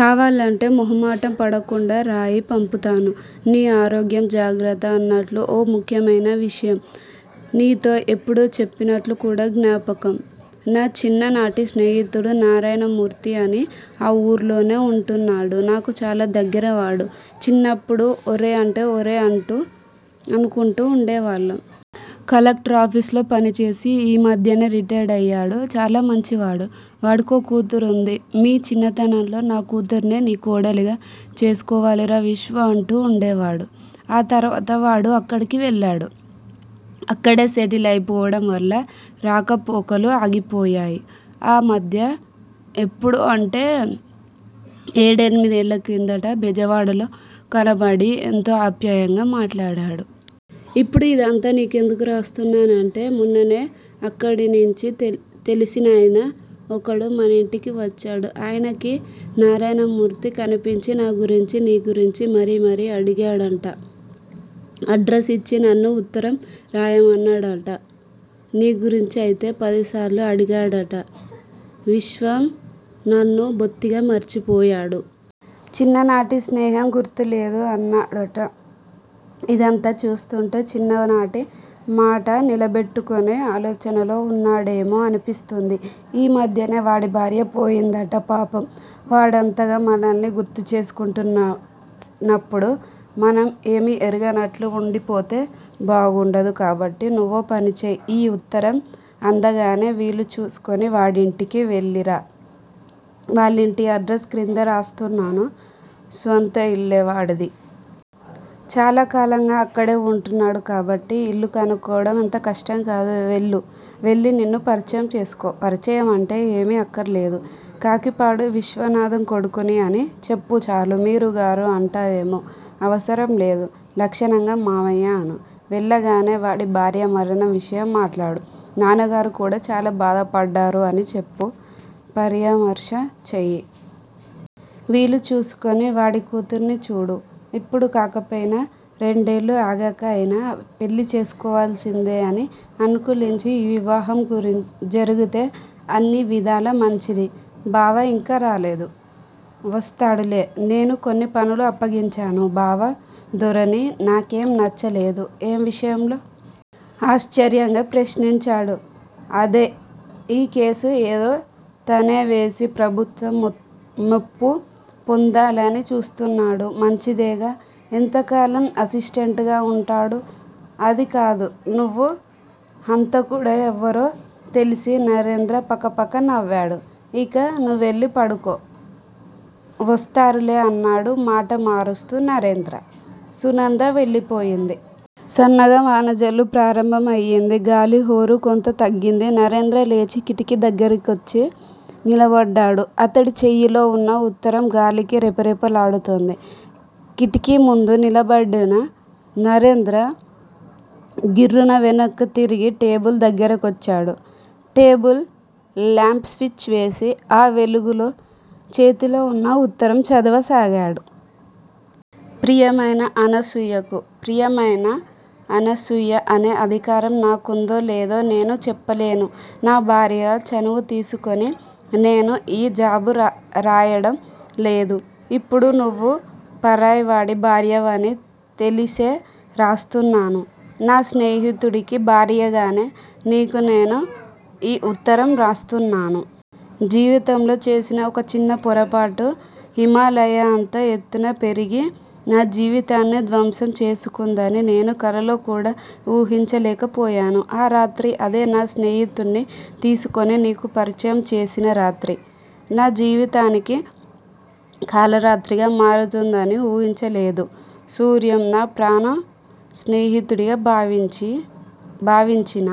కావాలంటే మొహామాట పడకుండా రాయి పంపుతాను. నీ ఆరోగ్యం జాగ్రత్త. అన్నట్లు ఓ ముఖ్యమైన విషయం. నీతో ఎప్పుడో చెప్పినట్లు కూడా జ్ఞాపకం. నా చిన్న నాటి స్నేహితుడు నారాయణమూర్తి అని ఆ ఊరుళ్లోనే ఉంటున్నాడు. నాకు చాలా దగ్గర వాడు. చిన్నప్పుడు ఒరే అంటే ఒరే అంటూ అనుకుంటూ ఉండేవాళ్ళం. కలెక్టరాఫీసులో పనిచేసి ఈ మధ్యనే రిటైడ్ అయ్యాడు. చాలా మంచివాడు, వాడికో కూతురింది. మీ చిన్నతనంలో నా కూతుర్ని నీ కోడలిగా చేసుకోవాలిరా విశ్వం! అంటూ ఉండేవాడు. ఆ తరువాత వాడు అక్కడికి వెళ్ళాడు, అక్కడే సెటిల్ అయిపోవడం వల్ల రాకపోకలు ఆగిపోయాయి. ఆ మధ్య ఎప్పుడో అంటే ఏడెనిమిదేళ్ళ క్రిందట బెజవాడలో కనబడి ఎంతో ఆప్యాయంగా మాట్లాడాడు. ఇప్పుడు ఇదంతా నీ కెందుకు రాస్తున్నానంటే మొన్ననే అక్కడినించి తెల్ తెలిసినాయన ఒకడు మనింటికి వచ్చాడు. ఆయనకీ నారాయణమూర్తి కనిపించి నా గురించి నీ గురించీ మరీ మరీ అడిగాడంట. అడ్రస్ ఇచ్చి నన్ను ఉత్తరం రాయమన్నాడట, నీ గురించి అయితే పదిసార్లు అడిగాడట, విశ్వం నన్ను బొత్తిగా మర్చేపోయాడు. చిన్న నాటి స్నేహం గుర్తే లేదు అన్నాడట. ఇదంతా చూస్తుంటే చిన్ననాటి మాట నిలబెట్టుకునే ఆలోచనలో ఉన్నాడేమో అనిపిస్తుంది. ఈ మధ్యనే వాడి భార్య పోయిందట పాపం వాడంతగా మనల్ని గుర్తు చేసుకుంటున్నప్పుడు మనం ఏమీ ఎరగనట్లు ఉండిపోతే బాగుండదు. కాబట్టి నువ్వో పనిచెయ్. ఈ ఉత్తరం అందగానే వీలు చూసుకోని వాడింటికి వెళ్ళిరా, వాళ్ళింటి అడ్రస్ క్రింద రాస్తున్నాను స్వంత ఇల్లే వాడిది. చాలాకాలంగా అక్కడే ఉంటున్నాడు కాబట్టి ఇల్లు కనుక్కోవడం అంత కష్టం కాదు. వెళ్ళు వెళ్ళి నిన్ను పరిచయం చేసుకో. పరిచయం అంటే ఏమీ అక్కర్లేదు. కాకిపాడు విశ్వనాధం కొడుకుని అని చెప్పు చాలు. మీరు, గారు అంటావేమో అవసరం లేదు. లక్షణంగా మావయ్యా అను. వెళ్ళగానే వాడి భార్య మరణం విషయం మాట్లాడు నాన్నగారు కూడా చాలా బాధపడ్డారు అని చెప్పు పరియమర్శ చెయ్యి. వీలు చూసుకోని వాడి కూతురిని చూడు, ఇప్పుడు కాకపోయినా రెండేళ్ళు ఆగాక అయినా పెళ్ళి చేసుకోవలసిందే. అన్నీ అనుకూలించి ఈ వివాహం గురి జరిగితే అన్ని విధాలా మంచిది. బావ ఇంకా రాలేదు. వస్తాడులే. నేను కొన్ని పనులు అప్పగించాను. బావ ధోరణి నాకేం నచ్చలేదు. ఏ విషయంలో? ఆశ్చర్యంగా ప్రశ్నించాడు. అదే ఈ కేసు ఏదో తనే వేసి ప్రభుత్వం మొ మెప్పు పొందాలని చూస్తున్నాడు. మంచిదేగా? ఎంతకాలం అసిస్టెంటుగా ఉంటాడు? అది కాదు. నువ్వు హంతకుడెవరో తెలిసీ నరేంద్ర పకపక నవ్వాడు. ఇక నువ్వెళ్ళి పడుకో, వస్తారులే అన్నాడు మాట మారుస్తూ నరేంద్ర. సునంద వెళ్ళిపోయింది. సన్నగా వానజల్లు ప్రారంభం అయింది. గాలి హొరు కొంత తగ్గింది. నరేంద్ర లేచి కిటికీ దగ్గరికి కొచ్చి నిలబడ్డాడు. అతడి చేయిలో ఉన్న ఉత్తరం గాలికి రెపరెపలాడుతోంది. కిటికీ ముందు నిలబడిన నరేంద్ర గిర్రున వెనక్కు తిరిగి టేబుల్ దగ్గర కొచ్చాడు. టేబుల్ లాంప్ స్విచ్ వేసి ఆ వెలుగులో చేతిలో ఉన్న ఉత్తరం చదవసాగాడు. ప్రియమైన అనసూయకు. ప్రియమైన అనసూయ అనే అధికారం నాకుందో లేదో నేను చెప్పలేను. నా భార్య చనువు తీసుకొని నేను ఈ జాబు రా రాయడం లేదు. ఇప్పుడు నువ్వు పరాయి వాడి భార్యవని తెలిసే రాస్తున్నాను. నా స్నేహితుడికి భార్యగానే నీకు నేను ఈ ఉత్తరం రాస్తున్నాను. జీవితంలో చేసిన ఒక చిన్న పొరపాటు, హిమాలయంత ఎత్తున పెరిగే నా జీవితాన్నే ధ్వంసం చేసుకుందని నేను కలలో కూడా ఉహించలేక పోయాను. ఆ రాత్రి అదే నా స్నేహితుడ్ని తీసుకోని నీకు పరిచయం చేసిన రాత్రి, నా జీవితానికి కళరాత్రిగా మారుతుందని ఉహించలేదు. సూర్యం, నా ప్రాణ స్నేహితుడిగా భావించి భావించిన